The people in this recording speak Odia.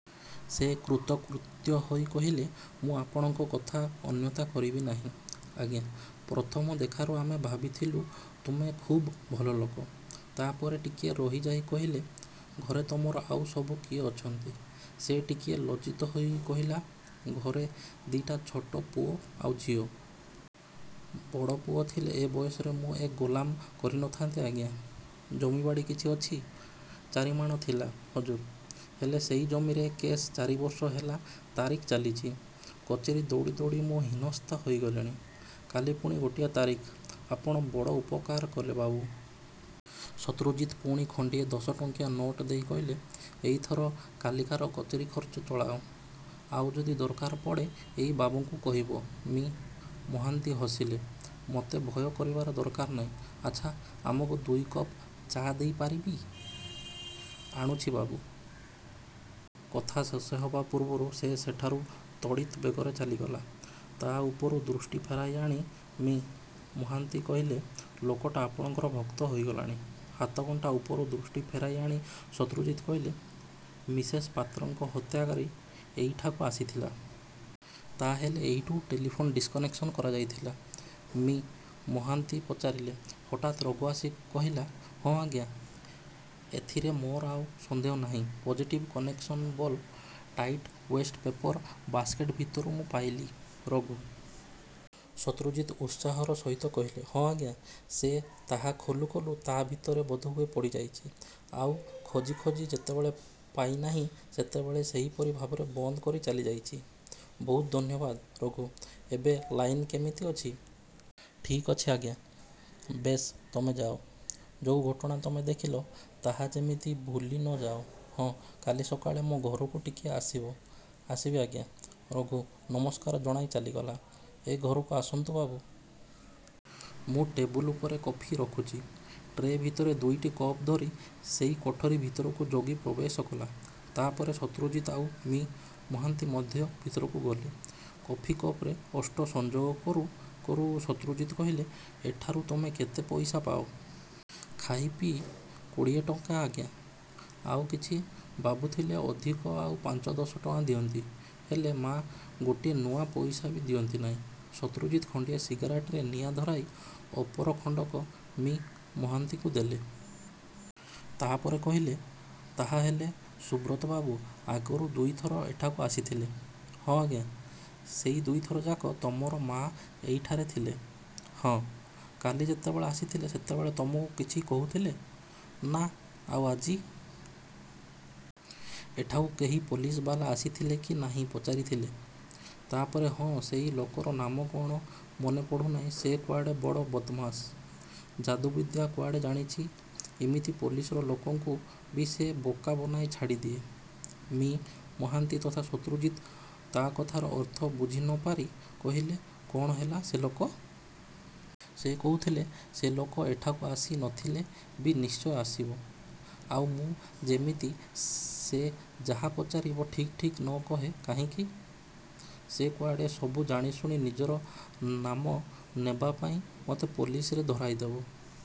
ସେ କୃତକୃତ୍ୟ ହୋଇ କହିଲା, 'ମୁଁ ଆପଣମାନଙ୍କ କଥା ଅନ୍ୟଥା କରିବି ନାହିଁ, ଆଜ୍ଞା! ' 'ପ୍ରଥମ ଦେଖାରୁ ଆମେ ଭାବିଥିଲୁଁ ତମେ ଖୁବ୍ ଭଲ ଲୋକ। ' ତା'ପରେ ଟିକିଏ ରହିଯାଇ କହିଲେ, 'ଘରେ ତମର ଆଉ ସବୁ କିଏ ଅଛନ୍ତି? ' ସେ ଟିକିଏ ଲଜ୍ଜିତ ହୋଇ କହିଲା, 'ଘରେ ଦି'ଟା ଛୋଟ ପୁଅ ଆଉ ଝିଅ। ବଡ଼ପୁଅ ଥିଲେ ଏ ବୟସରେ ମୁଁ ଏ ଗୋଲାମୀ କରି ନ ଥାନ୍ତି, ଆଜ୍ଞା! 'ଜମିବାଡ଼ି କିଛି ଅଛି? ' 'ଚାରିମାଣ ଥିଲା, ହଜୁର! ହେଲେ ସେଇ ଜମିରେ କେସ୍ ଚାରିବର୍ଷ ହେଲା ତାରିଖ ଚାଲିଛି। କଚେରୀକୁ ଦୌଡ଼ି ଦୌଡ଼ି ମୁଁ ହୀନସ୍ତା ହେଇଗଲିଣି। କାଲି ପୁଣି ଗୋଟିଏ ତାରିଖ ଆପଣ ବଡ଼ ଉପକାର କଲେ, ବାବୁ! ' ଶତ୍ରୁଜିତ ପୁଣି ଖଣ୍ତିଏ ଦଶଟଙ୍କିଆ ନୋଟ ଦେଇ କହିଲେ, 'ଏଇଥରେ କାଲିକାର କଚେରୀଖର୍ଚ୍ଚ ଚଳାଅ–ଆଉ ଯଦି ଦରକାର ପଡ଼େ ଏଇ ବାବୁଙ୍କୁ କହିବ। ' ମି; ମହାନ୍ତି ହସିଲେ, 'ମୋତେ ଭୟ କରିବାର ଦରକାର ନାହିଁ। ଆଚ୍ଛା, ଆମକୁ ଦୁଇକପ୍ ଚା' ଦେଇପାରିବି? ' 'ଆଣୁଚି, ବାବୁ! ' କଥା ଶେଷ ହେବା ପୂର୍ବରୁ ସେ ସେଠାରୁ ତଡ଼ିତ୍ ବେଗରେ ଚାଲିଗଲା-। ତା' ଉପରୁ ଦୃଷ୍ଟି ଫେରାଇ ଆଣି ମି; ମହାନ୍ତି କହିଲେ, 'ଲୋକଟା ଆପଣଙ୍କର ଭକ୍ତ ହୋଇଗଲାଣି-। ' ହାତଘଣ୍ଟା ଉପରୁ ଦୃଷ୍ଟି ଫେରାଇଆଣି ଶତ୍ରୁଜିତ କହିଲେ, 'ମିସେସ୍ ପାତ୍ରଙ୍କର ହତ୍ୟାକାରୀ ଏଇଠାକୁ ଆସିଥିଲା। ' 'ତା' ହେଲେ ଏଇଠାରୁ ଟେଲିଫୋନ ଡିସ୍କନେକସନ କରାଯାଇଥିଲା? ' ମି: ମହାନ୍ତି ପଚାରିଲେ। ହଠାତ୍ ରଘୁ ଆସି କହିଲା, 'ହଁ ଆଜ୍ଞା! ଏଥିରେ ମୋର ଆଉ ସନ୍ଦେହ ନାହିଁ। ପଜେଟିଭ କନେକସନ୍ର ବୋଲ୍ ଟାଇଟି ଓ୍ୱେଷ୍ଟ ପେପର ବାସକେଟ ଭିତରୁ ମୁଁ ପାଇଲି। ' 'ରଘୁ! ' ଶତ୍ରୁଜିତ ଉତ୍ସାହର ସହିତ କହିଲେ। 'ହଁ, ଆଜ୍ଞା! ସେ ତାହା ଖୋଲୁ ଖୋଲୁ ତା' ଭିତରେ ବୋଧହୁଏ ପଡ଼ିଯାଇଛି, ଆଉ ଖୋଜି ଖୋଜି ଯେତେବେଳେ ପାଇନାହିଁ ସେତେବେଳେ ସେହିପରି ଭାବରେ ବନ୍ଦ କରି ଚାଲିଯାଇଛି। ' 'ବହୁତ ଧନ୍ୟବାଦ, ରଘୁ! ଏବେ ଲାଇନ କେମିତି ଅଛି? 'ଠିକ୍ ଅଛି, ଆଜ୍ଞା! ' 'ବେଶ୍ ତମେ ଯାଅ। ଯୋଉ ଘଟଣା ତମେ ଦେଖିଲ ତାହା ଯେମିତି ଭୁଲି ନ ଯାଅ। ହିଁ, କାଲି ସକାଳେ ମୋ ଘରକୁ ଟିକିଏ ଆସିବ। ' 'ଆସିବି, ଆଜ୍ଞା! ' ରଘୁ ନମସ୍କାର ଜଣାଇ ଚାଲିଗଲା। 'ଏ ଘରକୁ ଆସନ୍ତୁ, ବାବୁ! ମୁଁ ଟେବୁଲ ଉପରେ କଫି ରଖୁଚି। ' ଟ୍ରେ ଭିତରେ ଦୁଇଟି କପ୍ ଧରି ସେଇ କୋଠରି ଭିତରକୁ ଯୋଗୀ ପ୍ରବେଶ କଲା। ' 'ତା' ପଛେ ଶତ୍ରୁଜିତ ଆଉ ମି: ମହାନ୍ତି ମଧ୍ୟ ଭିତରକୁ ଗଲେ। କଫି କପ୍ରେ ଓଷ୍ଠ ସଂଯୋଗ କରୁ କରୁ ଶତ୍ରୁଜିତ କହିଲେ, 'ଏଠାରୁ ତମେ କେତେ ପଇସା ପାଅ? ' 'ଖାଇ ପିଇ କୋଡ଼ିଏ ଟଙ୍କା, ଆଜ୍ଞା! ' 'ଆଉ କିଛି? ' 'ବାବୁ ଥିଲେ ଅଧିକ ଆଉ ପାଞ୍ଚ ଦଶ ଟଙ୍କା ଦିଅନ୍ତି। ହେଲେ ମା ଗୋଟିଏ ନୂଆ ପଇସା ବି ଦିଅନ୍ତି ନାହିଁ। ' ଶତ୍ରୁଜିତ ଖଣ୍ତିଏ ସିଗାରେଟରେ ନିଆଁ ଧରାଇ ଅପର ଖଣ୍ତକ ମି: ମହାନ୍ତିଙ୍କୁ ଦେଲେ। ତା'ପରେ କହିଲେ, 'ତା'ହେଲେ ସୁବ୍ରତବାବୁ ଆଗରୁ ଦୁଇ ଥର ଏଠାକୁ ଆସିଥିଲେ? ' 'ହଁ, ଆଜ୍ଞା! ' 'ସେଇ ଦୁଇଥରଯାକ ତମର ମାଆ ଏଇଠାରେ ଥିଲେ? ' 'ହଁ। ' 'କାଲି ଯେତେବେଳେ ଆସିଥିଲେ ସେତେବେଳେ ତମକୁ କିଛି କହୁଥିଲେ? ' 'ନା। ' 'ଆଉ ଆଜି? ' 'ଏଠାକୁ କେହି ପୋଲିସବାଲା ଆସିଥିଲେ କି ନାହିଁ ପଚାରିଥିଲେ। ତା'ପରେ ହଁ ସେଇ ଲୋକର ନାମ କଣ ମନେ ପଡ଼ୁନାହିଁ ସେ କୁଆଡ଼େ ବଡ଼ ବଦମାସ। ଯାଦୁବିଦ୍ୟା କୁଆଡ଼େ ଜାଣିଛି ଇମିତି ପୋଲିସର ଲୋକଙ୍କୁ ବି ସେ ବୋକା ବନାଇ ଛାଡ଼ିଦିଏ ' ମି: ମହାନ୍ତି ତଥା ଶତ୍ରୁଜିତ ତା'କଥାର ଅର୍ଥ ବୁଝି ନ ପାରି କହିଲେ, କ'ଣ ହେଲା ସେ ଲୋକ? ' 'ସେ କହୁଥିଲେ, ସେ ଲୋକ ଏଠାକୁ ଆସି ନ ଥିଲେ ବି ନିଶ୍ଚୟ ଆସିବ। ଆଉ ମୁଁ ଯେମିତି ସେ ଯାହା ପଚାରିବ ଠିକ୍ ଠିକ୍ ନ କହେଁ' 'କାହିଁକି? ' 'ସେ କୁଆଡ଼େ ସବୁ ଜାଣିଶୁଣି ନିଜର ନାମ ନେବାପାଇଁ ମୋତେ ପୋଲିସରେ ଧରାଇଦେବ।